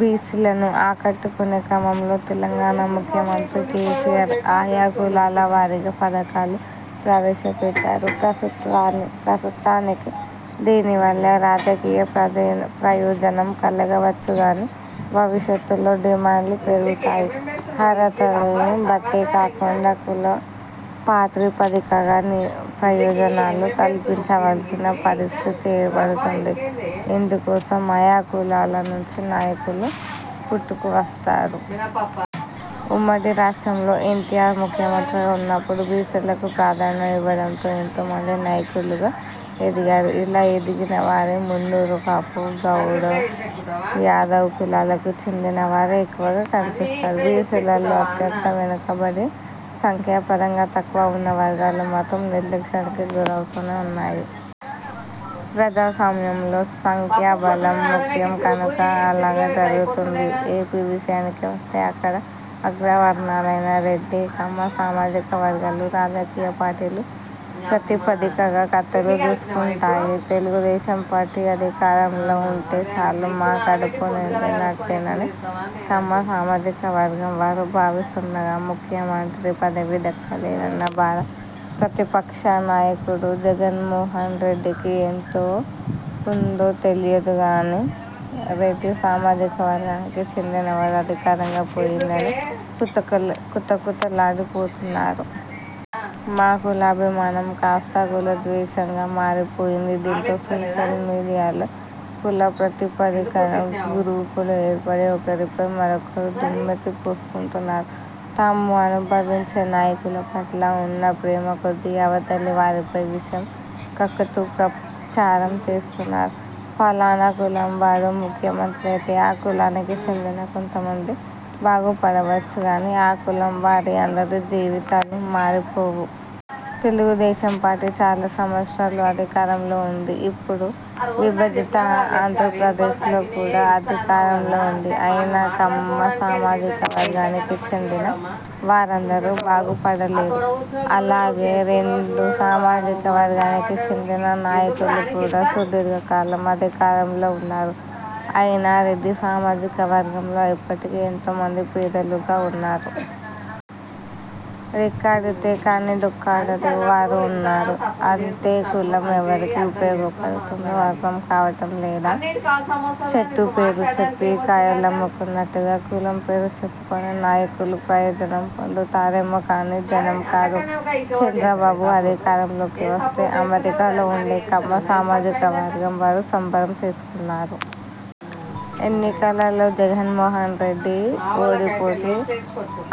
బీసీలను ఆకట్టుకునే క్రమంలో తెలంగాణ ముఖ్యమంత్రి కేసీఆర్ ఆయా కులాల వారీగా పథకాలు ప్రవేశపెట్టారు. ప్రస్తుతానికి దీనివల్ల రాజకీయ ప్రయోజనం కలగవచ్చుగానీ భవిష్యత్తులో డిమాండ్లు పెరుగుతాయి. అర్హతలను బట్టి కాకుండా కుల ప్రాతిపదికగా ప్రయోజనాలు కల్పించవలసిన పరిస్థితి ఏర్పడుతుంది. ఇందుకోసం ఆయా కులాల నుంచి నాయకులు పుట్టుకువస్తారు. ఉమ్మడి రాష్ట్రంలో ఎన్టీఆర్ ముఖ్యమంత్రిగా ఉన్నప్పుడు బీసీలకు ప్రాధాన్యం ఇవ్వడంతో ఎంతో మంది నాయకులుగా ఎదిగారు. ఇలా ఎదిగిన వారిలో మున్నూరు కాపు, గౌడ, యాదవ కులాలకు చెందినవారే ఎక్కువగా కనిపిస్తారు. బీసీలలో అత్యంత వెనుకబడి, సంఖ్యాపరంగా తక్కువ ఉన్న వర్గాలు మాత్రం నిర్లక్ష్యానికి గురవుతూనే ఉన్నాయి. ప్రజాస్వామ్యంలో సంఖ్యాబలం ముఖ్యం కనుక అలాగే జరుగుతుంది. ఏపీ విషయానికి వస్తే అక్కడ అగ్రవర్ణాలైన రెడ్డి, కమ్మ సామాజిక వర్గాలు రాజకీయ పార్టీల ప్రాతిపదికగా కత్తులు దూసుకుంటాయి. తెలుగుదేశం పార్టీ అధికారంలో ఉంటే చాలు- మా కడుపు నిండినట్టేనని కమ్మ సామాజిక వర్గం వారు భావిస్తుండగా, ముఖ్యమంత్రి పదవి దక్కలేదన్న బాధ ప్రతిపక్ష నాయకుడు జగన్మోహన్ రెడ్డికి ఎంత ఉందో తెలియదుగానీ రెడ్డి సామాజికవర్గానికి చెందిన వారు అధికారం పోయిందని కుతకుతలాడిపోతున్నారు. మా కులాభిమానం కాస్తా కులద్వేషంగా మారిపోయింది. దీంతో సోషల్ మీడియాలో కులప్రాతిపదికన గ్రూపులు ఏర్పడి ఒకరిపై మరొకరు దుమ్మెత్తి పోసుకుంటున్నారు. తాము అభిమానించే నాయకుల పట్ల ఉన్న ప్రేమకొద్దీ అవతలి వారిపై విషం కక్కుతూ ప్రచారం చేస్తున్నారు. ఫలానా కులంవాడు ముఖ్యమంత్రి అయితే ఆ కులానికి చెందిన కొంతమంది బాగుపడవచ్చునుగానీ, ఆ కులంవారి అందరి జీవితాలు మారిపోవు. తెలుగుదేశం పార్టీ చాలా సంవత్సరాలు అధికారంలో ఉంది. ఇప్పుడు విభజిత ఆంధ్రప్రదేశ్లో కూడా అధికారంలో ఉంది. అయినా కమ్మ సామాజిక వర్గానికి చెందిన వారందరూ బాగుపడలేదే? అలాగే రెడ్డి సామాజికవర్గానికి చెందిన నాయకులు కూడా సుదీర్ఘకాలం అధికారంలో ఉన్నారు. అయినా రెడ్డి సామాజికవర్గంలో ఇప్పటికీ ఎంతోమంది పేదలుగా ఉన్నారు. రెక్కాడితే కాని డొక్కాడని వారు ఉన్నారు. అంటే కులం ఎవరికి ఉపయోగపడుతుందో అర్థంకావడం లేదా? చెట్టు పేరు చెప్పి కాయలమ్ముకున్నట్టుగా కులం పేరు చెప్పుకొని నాయకులు ప్రయోజనం పొందుతారేకానీ జనం కాదు. చంద్రబాబు అధికారంలోకి వస్తే అమెరికాలో ఉండే కమ్మ సామాజిక వర్గంవారు సంబరం చేసుకున్నారు. ఎన్నికలలో జగన్మోహన్రెడ్డి ఓడిపోతే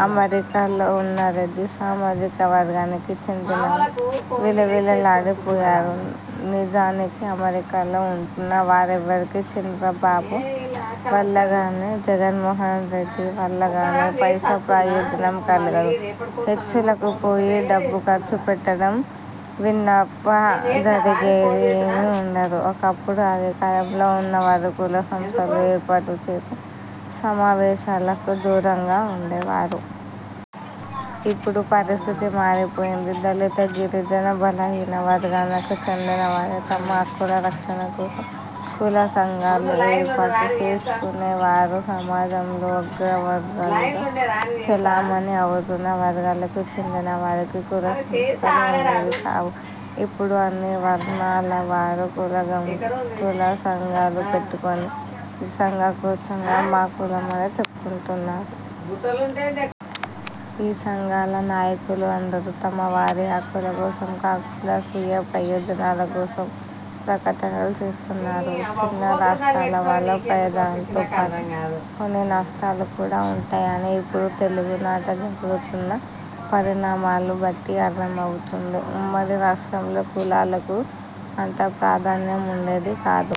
అమెరికాలో ఉన్న రెడ్డి సామాజికవర్గానికి చెందినవారు విలవిలలాడిపోయారు. నిజానికి అమెరికాలో ఉంటున్న వారెవ్వరికీ చంద్రబాబు వల్లగానీ, జగన్మోహన్రెడ్డి వల్లగానీ పైసా ప్రయోజనం కలగదు. హెచ్చులకు పోయి డబ్బు ఖర్చుచేయడం మినహా ఒరిగేది ఏమీ ఉండదు. ఒకప్పుడు అధికారంలో ఉన్నవారు కులసంఘాలు ఏర్పాటు చేసే సమావేశాలకు దూరంగా ఉండేవారు. ఇప్పుడు పరిస్థితి మారిపోయింది. దళిత, గిరిజన, బలహీన వర్గాలకు చెందినవారే తమ హక్కుల రక్షణ కోసం కుల సంఘాలు ఏర్పాటు చేసుకునేవారు. సమాజంలో అగ్రవర్ణాలుగా చెలామణి అవుతున్న వర్గాలకు చెందిన వారికి కులసంఘాలు ఉండేవి కావు. ఇప్పుడు అన్ని వర్ణాల వారూ కులసంఘాలు పెట్టుకుని నిస్సంకోచంగా 'మా కులం' అని చెప్పుకొంటున్నారు. ఈ సంఘాల నాయకులు అందరూ తమవారి హక్కుల కోసం కాకుండా స్వీయ ప్రయోజనాల కోసం ప్రకటనలు చేస్తుంటారు. చిన్న రాష్ర్టాల వల్ల ప్రయోజనాలతోపాటు కొన్ని నష్టాలు కూడా ఉంటాయని ఇప్పుడు తెలుగునాట జరుగుతున్న పరిణామాలను బట్టి అర్థమవుతుంది. ఉమ్మడి రాష్ట్రంలో కులాలకు అంత ప్రాధాన్యం ఉండేది కాదు.